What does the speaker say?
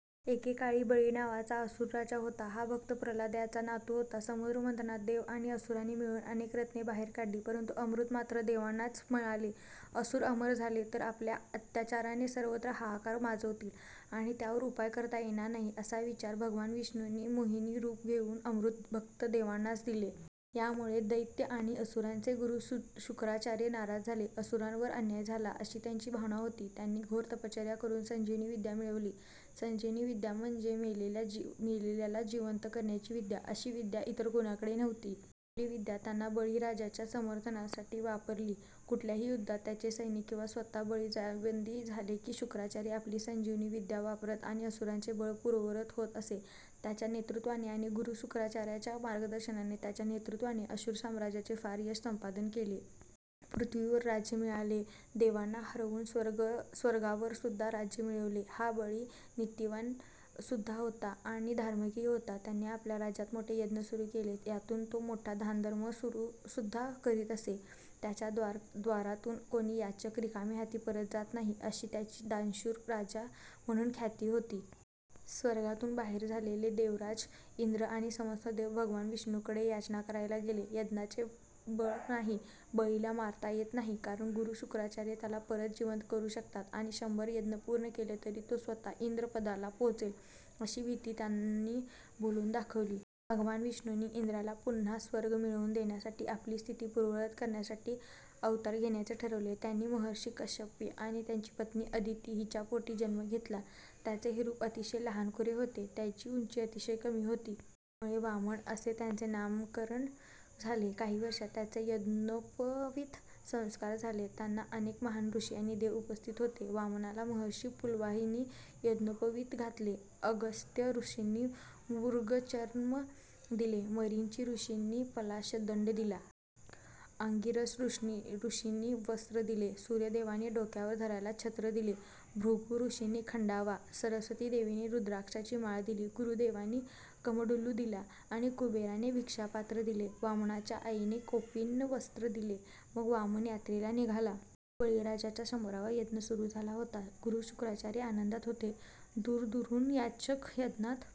एके काळी बळी नावाचा असुर राजा होता. हा भक्त प्रल्हाद याचा नातु होता. समुद्र मंथनात देव आणि असुरांनी मिळुन अनेक रत्ने बाहेर काढली, परंतु अमृत मात्र देवांनाच मिळाले. असुर अमर झाले तर आपल्या अत्याचाराने सर्वत्र हाहाकार माचवतील आणि त्यावर उपाय करता येणार नाही असा विचार करून भगवान विष्णूंनी मोहिनी रूप घेऊन अमृत फक्त देवांनाच दिले. यामुळे दैत्य आणि असुरांचे गुरु शुक्राचार्य नाराज झाले. असुरांवर अन्याय झाला अशी त्यांची भावना होती. त्यांनी घोर तपश्चर्या करून संजीवनी विद्या मिळवली. संजीवनी विद्या म्हणजे मेलेल्याला जिवंत करण्याची विद्या. अशी विद्या इतर कोणाकडे नव्हती. आपली विद्या त्यांनी बळी राजाच्या समर्थनासाठी वापरली. कुठल्याही युद्धात त्यांचे सैनिक किंवा स्वतः बळी जायबंदी झाले कि शुक्राचार्य आपली संजीवनी विद्या वापरत आणि असुरांचे बळ पूर्ववत होत असे. त्याच्या नेतृत्वाने आणि गुरु शुक्राचार्यांच्या मार्गदर्शनाने त्याच्या नेतृत्वाने असुर साम्राज्याने फार यश संपादन केले. पृथ्वीवर राज्य मिळाले, देवांना हरवुन स्वर्ग स्वर्गावरसुद्धा राज्य मिळवले. हा बळी नीतिवान सुद्धा होता आणि धार्मिकही होता. त्याने आपल्या राज्यात मोठे यज्ञ सुरु केले. यातुन तो मोठा दानधर्म सुद्धा करीत असे. त्याच्या द्वारातुन कोणी याचक रिकाम्या हाती परत जात नाही अशी त्याची दानशूर राजा म्हणुन ख्याती होती. स्वर्गातुन बाहेर झालेले देवराज इंद्र आणि समस्त देव भगवान विष्णूंकडे याचना करायला गेले. यज्ञाचे बळ नाही, बळीला मारता येत नाही कारण गुरु शुक्राचार्य त्याला परत जिवंत करू शकतात आणि शंभर यज्ञ पूर्ण केले तर तो स्वतः इंद्रपदाला पोहचेल अशी भीती त्यांनी बोलुन दाखवली. भगवान विष्णूंनी इंद्राला पुन्हा स्वर्ग मिळवुन देण्यासाठी आणि स्थिती पूर्ववत करण्यासाठी अवतार घेण्याचे ठरवले. त्यांनी महर्षी कश्यप आणि त्यांची पत्नी अदिती हिच्या पोटी जन्म घेतला. त्यांचे हे रूप अतिशय लहानखुरे होते. त्यांची उंची अतिशय कमी होती. त्यामुळे वामन असे त्यांचे नामकरण झाले. काही वर्षात त्यांचे यज्ञोपवीत संस्कार झाले. त्यात अनेक महान ऋषी आणि देव उपस्थित होते. वामनाला महर्षी पुलहांनी यज्ञोपवीत घातले. अगस्त्य ऋषींनी मृगचर्म दिले. मरीची ऋषींनी पलाश दंड दिला. अंगिरस ऋषींनी वस्त्र दिले. सूर्यदेवाने डोक्यावर धरायला छत्र दिले. भृगु ऋषींनी खंडावा, सरस्वती देवीने रुद्राक्षाची माळ दिली. गुरुदेवांनी कमंडलु दिला आणि कुबेराने भिक्षा पात्र दिले. वामनाच्या आईने कौपिन वस्त्र दिले. मग वामन यात्रेला निघाला. बळीराजाचा शंभरावा यज्ञ सुरु झाला होता. गुरु शुक्राचार्य आनंदात होते. दूरदूरन याचक यज्ञात